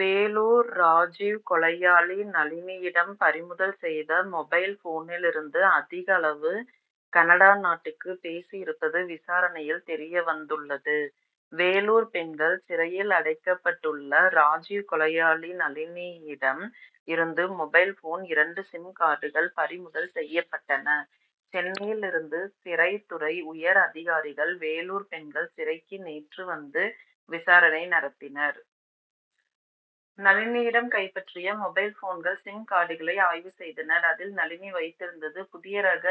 வேலூர் ராஜிவ் கொலையாளி நளினியிடம் பறிமுதல் செய்த மொபைல் போனில் இருந்து அதிகளவு கனடா நாட்டுக்கு பேசியிருப்பது விசாரணையில் தெரிய வந்துள்ளது. வேலூர் பெண்கள் சிறையில் அடைக்கப்பட்டுள்ள ராஜிவ் கொலையாளி நளினியிடம் இருந்து மொபைல் போன் இரண்டு சிம்கார்டுகள் பறிமுதல் செய்யப்பட்டன. சென்னையில் இருந்து சிறைத்துறை உயர் அதிகாரிகள் வேலூர் பெண்கள் சிறைக்கு நேற்று வந்து விசாரணை நடத்தினர். நளினியிடம் கைப்பற்றிய மொபைல் போன்கள் சிம் கார்டுகளை ஆய்வு செய்தனர். அதில் நளினி வைத்திருந்தது புதிய ரக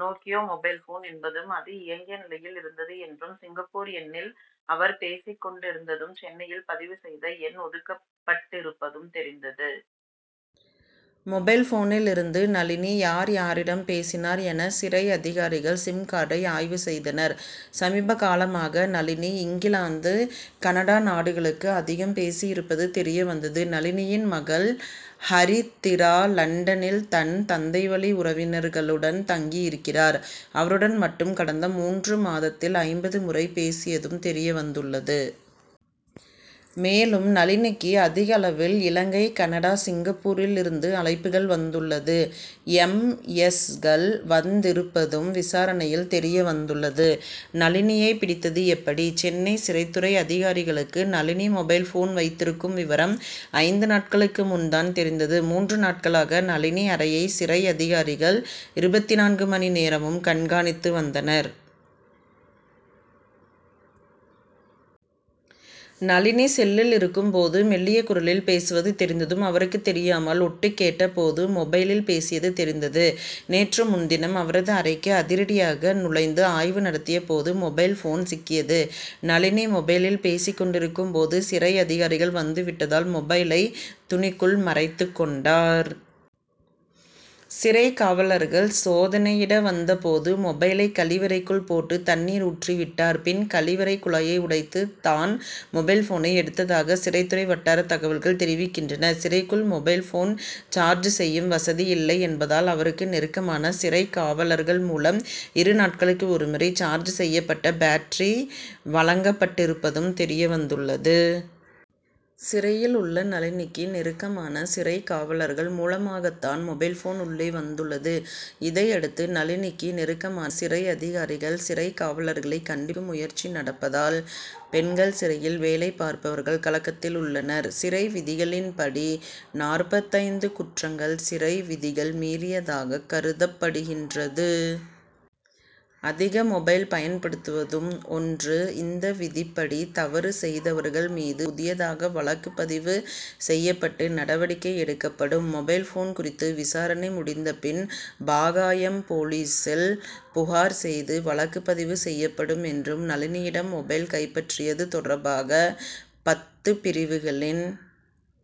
நோக்கியோ மொபைல் போன் என்பதும் அது இயங்கிய நிலையில் இருந்தது என்றும் சிங்கப்பூர் எண்ணில் அவர் பேசிக் கொண்டிருந்ததும் சென்னையில் பதிவு செய்த எண் ஒதுக்கப்பட்டிருப்பதும் தெரிந்தது. மொபைல் போனில் இருந்து நளினி யார் யாரிடம் பேசினார் என சிறை அதிகாரிகள் சிம்கார்டை ஆய்வு செய்தனர். சமீபகாலமாக நளினி இங்கிலாந்து கனடா நாடுகளுக்கு அதிகம் பேசியிருப்பது தெரிய வந்தது. நளினியின் மகள் ஹரித்திரா லண்டனில் தன் தந்தைவழி உறவினர்களுடன் தங்கி இருக்கிறார். அவருடன் மட்டும் கடந்த மூன்று மாதத்தில் ஐம்பது முறை பேசியதும் தெரிய வந்துள்ளது. மேலும் நளினிக்கு அதிகளவில் இலங்கை கனடா சிங்கப்பூரில் இருந்து அழைப்புகள் வந்துள்ளது. எம். எஸ்.கள் வந்திருப்பதும் விசாரணையில் தெரிய வந்துள்ளது. நளினியை பிடித்தது எப்படி? சென்னை சிறைத்துறை அதிகாரிகளுக்கு நளினி மொபைல் போன் வைத்திருக்கும் விவரம் ஐந்து நாட்களுக்கு முன் தான் தெரிந்தது. மூன்று நாட்களாக நளினி அறையை சிறை அதிகாரிகள் இருபத்திநான்கு மணி நேரமும் கண்காணித்து வந்தனர். நளினி செல்லில் இருக்கும் போது மெல்லிய குரலில் பேசுவது தெரிந்ததும் அவருக்கு தெரியாமல் ஒட்டுக்கேட்ட போது மொபைலில் பேசியது தெரிந்தது. நேற்று முன்தினம் அவரது அறைக்கு அதிரடியாக நுழைந்து ஆய்வு நடத்திய போது மொபைல் போன் சிக்கியது. நளினி மொபைலில் பேசிக் கொண்டிருக்கும் போது சிறை அதிகாரிகள் வந்து விட்டதால் மொபைலை துணிக்குள் மறைத்துக் கொண்டார். சிறைக் காவலர்கள் சோதனையிட வந்த போது மொபைலை கழிவறைக்குள் போட்டு தண்ணீர் ஊற்றி விட்டார். பின் கழிவறை குழாயை உடைத்து தான் மொபைல் போனை எடுத்ததாக சிறைத்துறை வட்டார தகவல்கள் தெரிவிக்கின்றன. சிறைக்குள் மொபைல் போன் சார்ஜ் செய்யும் வசதி இல்லை என்பதால் அவருக்கு நெருக்கமான சிறைக்காவலர்கள் மூலம் இரு நாட்களுக்கு ஒரு முறை சார்ஜ் செய்யப்பட்ட பேட்டரி வழங்கப்பட்டிருப்பதும் தெரிய வந்துள்ளது. சிறையில் உள்ள நளினிக்கு நெருக்கமான சிறைக் காவலர்கள் மூலமாகத்தான் மொபைல் போன் உள்ளே வந்துள்ளது. இதையடுத்து நளினிக்கு நெருக்கமா சிறை அதிகாரிகள் சிறைக் காவலர்களை கண்டுபிக்கும் முயற்சி நடப்பதால் பெண்கள் சிறையில் வேலை பார்ப்பவர்கள் கலக்கத்தில் உள்ளனர். சிறை விதிகளின்படி நாற்பத்தைந்து குற்றங்கள் சிறை விதிகள் மீறியதாக கருதப்படுகின்றது. அதிக மொபைல் பயன்படுத்துவதும் ஒன்று. இந்த விதிபடி தவறு செய்தவர்கள் மீது புதியதாக வழக்கு பதிவு செய்யப்பட்டு நடவடிக்கை எடுக்கப்படும். மொபைல் போன் குறித்து விசாரணை முடிந்த பின் பாகாயம் போலீசில் புகார் செய்து வழக்கு பதிவு செய்யப்படும் என்றும் நளினியிடம் மொபைல் கைப்பற்றியது தொடர்பாக பத்து பிரிவுகளின்